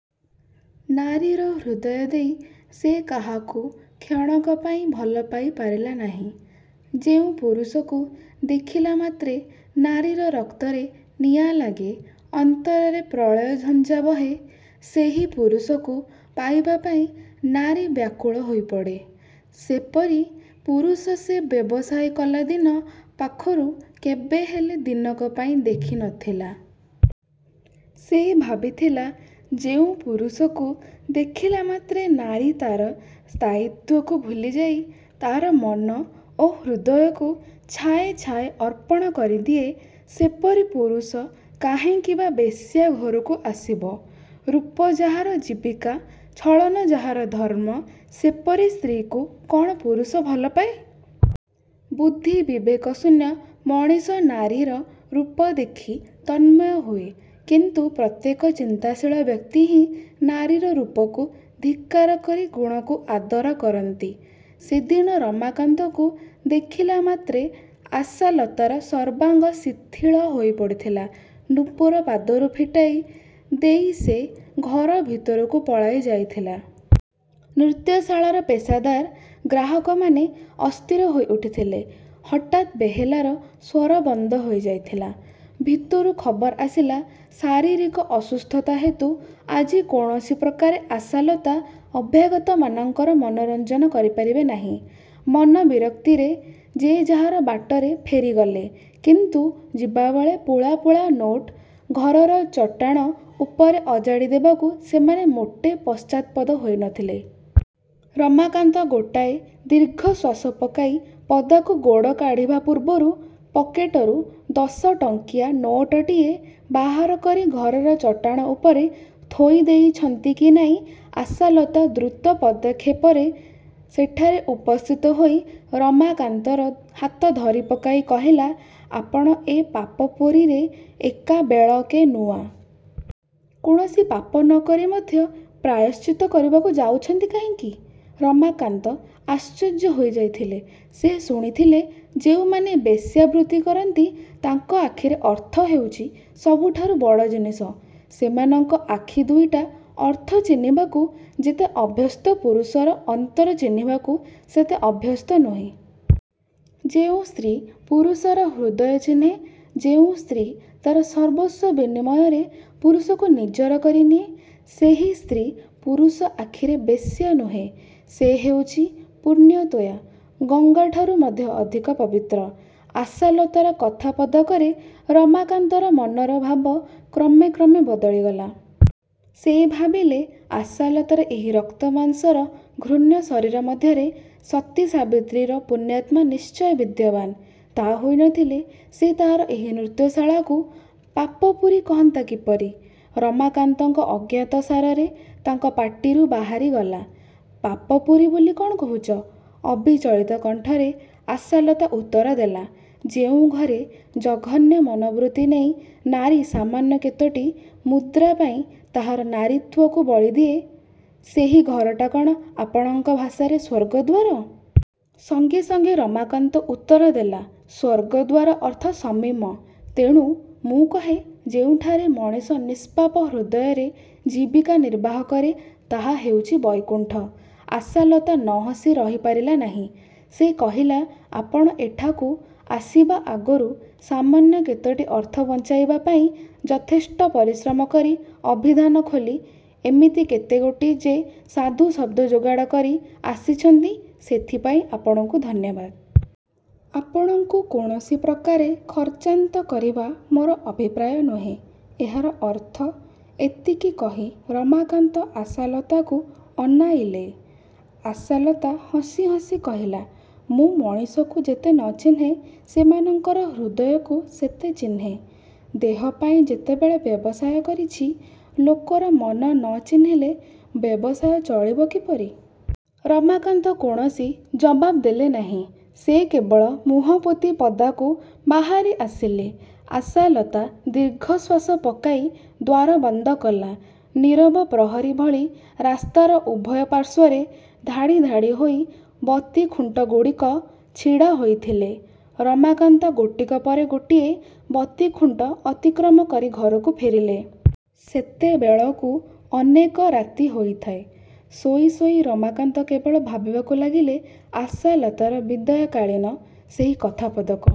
ନାରୀର ହୃଦୟ ଦେଇ ସେ କାହାକୁ କ୍ଷଣକ ପାଇଁ ଭଲ ପାଇପାରିଲା ନାହିଁ। ଯେଉଁ ପୁରୁଷକୁ ଦେଖିଲା ମାତ୍ରେ ନାରୀର ରକ୍ତରେ ନିଆଁ ଲାଗେ, ଅନ୍ତରରେ ପ୍ରଳୟର ଝଞ୍ଜା ବହେ, ସେହି ପୁରୁଷକୁ ପାଇବା ପାଇଁ ନାରୀ ବ୍ୟାକୁଳ ହୋଇପଡ଼େ। ସେପରି ପୁରୁଷ ସେ ବ୍ୟବସାୟ କଲା ଦିନ ପାଖରୁ କେବେହେଲେ ଦିନକ ପାଇଁ ଦେଖିନଥିଲା। ସେ ଭାବିଥିଲା ଯେଉଁ ପୁରୁଷକୁ ଦେଖିଲା ମାତ୍ରେ ନାରୀ ତା'ର ସ୍ଥାୟିତ୍ୱକୁ ଭୁଲିଯାଇ ତା'ର ମନ ଓ ହୃଦୟକୁ ଛାଏଁ ଛାଏଁ ଅର୍ପଣ କରିଦିଏ ସେପରି ପୁରୁଷ କାହିଁକି ବା ବେଶ୍ୟା ଘରକୁ ଆସିବ? ରୂପ ଯାହାର ଜୀବିକା, ଛଳନା ଯାହାର ଧର୍ମ ସେପରି ସ୍ତ୍ରୀକୁ କ'ଣ ପୁରୁଷ ଭଲପାଏ? ବୁଦ୍ଧି ବିବେକ ଶୂନ୍ୟ ମଣିଷ ନାରୀର ରୂପ ଦେଖି ତନ୍ମୟ ହୁଏ କିନ୍ତୁ ପ୍ରତ୍ୟେକ ଚିନ୍ତାଶୀଳ ବ୍ୟକ୍ତି ହିଁ ନାରୀର ରୂପକୁ ଧିକ୍କାର କରି ଗୁଣକୁ ଆଦର କରନ୍ତି। ସେଦିନ ରମାକାନ୍ତକୁ ଦେଖିଲାମାତ୍ରେ ଆଶାଲତାର ସର୍ବାଙ୍ଗ ଶିଥିଳ ହୋଇପଡ଼ିଥିଲା। ନୂପୁର ପାଦରୁ ଫିଟାଇ ଦେଇ ସେ ଘର ଭିତରକୁ ପଳାଇ ଯାଇଥିଲା। ନୃତ୍ୟଶାଳାର ପେଶାଦାର ଗ୍ରାହକମାନେ ଅସ୍ଥିର ହୋଇଉଠିଥିଲେ। ହଠାତ୍ ବେହେଲାର ସ୍ୱର ବନ୍ଦ ହୋଇଯାଇଥିଲା। ଭିତରୁ ଖବର ଆସିଲା ଶାରୀରିକ ଅସୁସ୍ଥତା ହେତୁ ଆଜି କୌଣସି ପ୍ରକାରେ ଆଶାଲତା ଅଭ୍ୟାଗତମାନଙ୍କର ମନୋରଞ୍ଜନ କରିପାରିବେ ନାହିଁ। ମନ ବିରକ୍ତିରେ ଯେ ଯାହାର ବାଟରେ ଫେରିଗଲେ କିନ୍ତୁ ଯିବାବେଳେ ପୁଳା ପୁଳା ନୋଟ ଘରର ଚଟାଣ ଉପରେ ଅଜାଡ଼ି ଦେବାକୁ ସେମାନେ ମୋଟେ ପଶ୍ଚାତ୍ପଦ ହୋଇନଥିଲେ। ରମାକାନ୍ତ ଗୋଟାଏ ଦୀର୍ଘଶ୍ୱାସ ପକାଇ ପଦାକୁ ଗୋଡ଼ କାଢ଼ିବା ପୂର୍ବରୁ ପକେଟରୁ ଦଶଟଙ୍କିଆ ନୋଟଟିଏ ବାହାର କରି ଘରର ଚଟାଣ ଉପରେ ଥୋଇଦେଇଛନ୍ତି କି ନାହିଁ ଆଶାଲତା ଦ୍ରୁତ ପଦକ୍ଷେପରେ ସେଠାରେ ଉପସ୍ଥିତ ହୋଇ ରମାକାନ୍ତର ହାତ ଧରିପକାଇ କହିଲା, ''ଆପଣ ଏ ପାପପୁରୀରେ ଏକାବେଳକେ ନୂଆ। କୌଣସି ପାପ ନ କରି ମଧ୍ୟ ପ୍ରାୟଶ୍ଚିତ କରିବାକୁ ଯାଉଛନ୍ତି କାହିଁକି? '' ରମାକାନ୍ତ ଆଶ୍ଚର୍ଯ୍ୟ ହୋଇଯାଇଥିଲେ। ସେ ଶୁଣିଥିଲେ ଯେଉଁମାନେ ବେଶ୍ୟାବୃତ୍ତି କରନ୍ତି ତାଙ୍କ ଆଖିରେ ଅର୍ଥ ହେଉଛି ସବୁଠାରୁ ବଡ଼ ଜିନିଷ। ସେମାନଙ୍କ ଆଖି ଦୁଇଟା ଅର୍ଥ ଚିହ୍ନିବାକୁ ଯେତେ ଅଭ୍ୟସ୍ତ ପୁରୁଷର ଅନ୍ତର ଚିହ୍ନିବାକୁ ସେତେ ଅଭ୍ୟସ୍ତ ନୁହେଁ। ଯେଉଁ ସ୍ତ୍ରୀ ପୁରୁଷର ହୃଦୟ ଚିହ୍ନେ, ଯେଉଁ ସ୍ତ୍ରୀ ତା'ର ସର୍ବସ୍ୱ ବିନିମୟରେ ପୁରୁଷକୁ ନିଜର କରିନିଏ, ସେହି ସ୍ତ୍ରୀ ପୁରୁଷ ଆଖିରେ ବେଶ୍ୟା ନୁହେଁ। ସେ ହେଉଛି ପୁଣ୍ୟତୋୟା, ଗଙ୍ଗାଠାରୁ ମଧ୍ୟ ଅଧିକ ପବିତ୍ର। ଆଶାଲତାର କଥା ପଦକରେ ରମାକାନ୍ତର ମନର ଭାବ କ୍ରମେ କ୍ରମେ ବଦଳିଗଲା। ସେ ଭାବିଲେ ଆଶାଲତାର ଏହି ରକ୍ତମାଂସର ଘୃଣ୍ୟ ଶରୀର ମଧ୍ୟରେ ସତୀସାବିତ୍ରୀର ପୁଣ୍ୟାତ୍ମା ନିଶ୍ଚୟ ବିଦ୍ୟବାନ। ତାହା ହୋଇନଥିଲେ ସେ ତାହାର ଏହି ନୃତ୍ୟଶାଳାକୁ ପାପପୁରୀ କହନ୍ତା କିପରି? ରମାକାନ୍ତଙ୍କ ଅଜ୍ଞାତସାରରେ ତାଙ୍କ ପାଟିରୁ ବାହାରିଗଲା, ''ପାପପୁରୀ ବୋଲି କ'ଣ କହୁଛ? '' ଅବିଚଳିତ କଣ୍ଠରେ ଆଶାଲତା ଉତ୍ତରଦେଲା ''ଯେଉଁ ଘରେ ଜଘନ୍ୟ ମନୋବୃତ୍ତି ନେଇ ନାରୀ ସାମାନ୍ୟ କେତୋଟି ମୁଦ୍ରା ପାଇଁ ତାହାର ନାରୀତ୍ୱକୁ ବଳିଦିଏ, ସେହି ଘରଟା କ'ଣ ଆପଣଙ୍କ ଭାଷାରେ ସ୍ୱର୍ଗଦ୍ୱାର? '' ସଙ୍ଗେ ସଙ୍ଗେ ରମାକାନ୍ତ ଉତ୍ତରଦେଲେ ''ସ୍ୱର୍ଗଦ୍ୱାର ଅର୍ଥ ସସୀମ। ତେଣୁ ମୁଁ କହେ ଯେଉଁଠାରେ ମଣିଷ ନିଷ୍ପାପ ହୃଦୟରେ ଜୀବିକା ନିର୍ବାହ କରେ ତାହା ହେଉଛି ବୈକୁଣ୍ଠ। '' ଆଶାଲତା ନ ହସି ରହିପାରିଲା ନାହିଁ। ସେ କହିଲା ''ଆପଣ ଏଠାକୁ ଆସିବା ଆଗରୁ ସାମାନ୍ୟ କେତୋଟି ଅର୍ଥ ବଞ୍ଚାଇବା ପାଇଁ ଯଥେଷ୍ଟ ପରିଶ୍ରମ କରି ଅଭିଧାନ ଖୋଲି ଏମିତି କେତେଗୋଟି ଯେ ସାଧୁଶବ୍ଦ ଯୋଗାଡ଼ କରି ଆସିଛନ୍ତି ସେଥିପାଇଁ ଆପଣଙ୍କୁ ଧନ୍ୟବାଦ। ଆପଣଙ୍କୁ କୌଣସି ପ୍ରକାରେ ଖର୍ଚ୍ଚାନ୍ତ କରିବା ମୋର ଅଭିପ୍ରାୟ ନୁହେଁ। '' ''ଏହାର ଅର୍ଥ? '' ଏତିକି କହି ରମାକାନ୍ତ ଆଶାଲତାକୁ ଅନାଇଲେ। ଆଶାଲତା ହସି ହସି କହିଲା, ''ମୁଁ ମଣିଷକୁ ଯେତେ ନ ଚିହ୍ନେ ସେମାନଙ୍କର ହୃଦୟକୁ ସେତେ ଚିହ୍ନେ। ଦେହ ପାଇଁ ଯେତେବେଳେ ବ୍ୟବସାୟ କରିଛି ଲୋକର ମନ ନ ଚିହ୍ନିଲେ ବ୍ୟବସାୟ ଚଳିବ କିପରି? '' ରମାକାନ୍ତ କୌଣସି ଜବାବ୍ ଦେଲେ ନାହିଁ। ସେ କେବଳ ମୁହଁପୋତି ପଦାକୁ ବାହାରି ଆସିଲେ। ଆଶାଲତା ଦୀର୍ଘଶ୍ୱାସ ପକାଇ ଦ୍ୱାର ବନ୍ଦ କଲା। ନୀରବ ପ୍ରହରୀ ଭଳି ରାସ୍ତାର ଉଭୟ ପାର୍ଶ୍ୱରେ ଧାଡ଼ି ଧାଡ଼ି ହୋଇ। ବତୀଖୁଣ୍ଟଗୁଡ଼ିକ ଛିଡ଼ା ହୋଇଥିଲେ। ରମାକାନ୍ତ ଗୋଟିକ ପରେ ଗୋଟିଏ ବତୀଖୁଣ୍ଟ ଅତିକ୍ରମ କରି ଘରକୁ ଫେରିଲେ। ସେତେବେଳକୁ ଅନେକ ରାତି ହୋଇଥାଏ। ଶୋଇ ଶୋଇ ରମାକାନ୍ତ କେବଳ ଭାବିବାକୁ ଲାଗିଲେ ଆଶାଲତାର ବିଦାୟକାଳୀନ ସେହି କଥାପଦକ।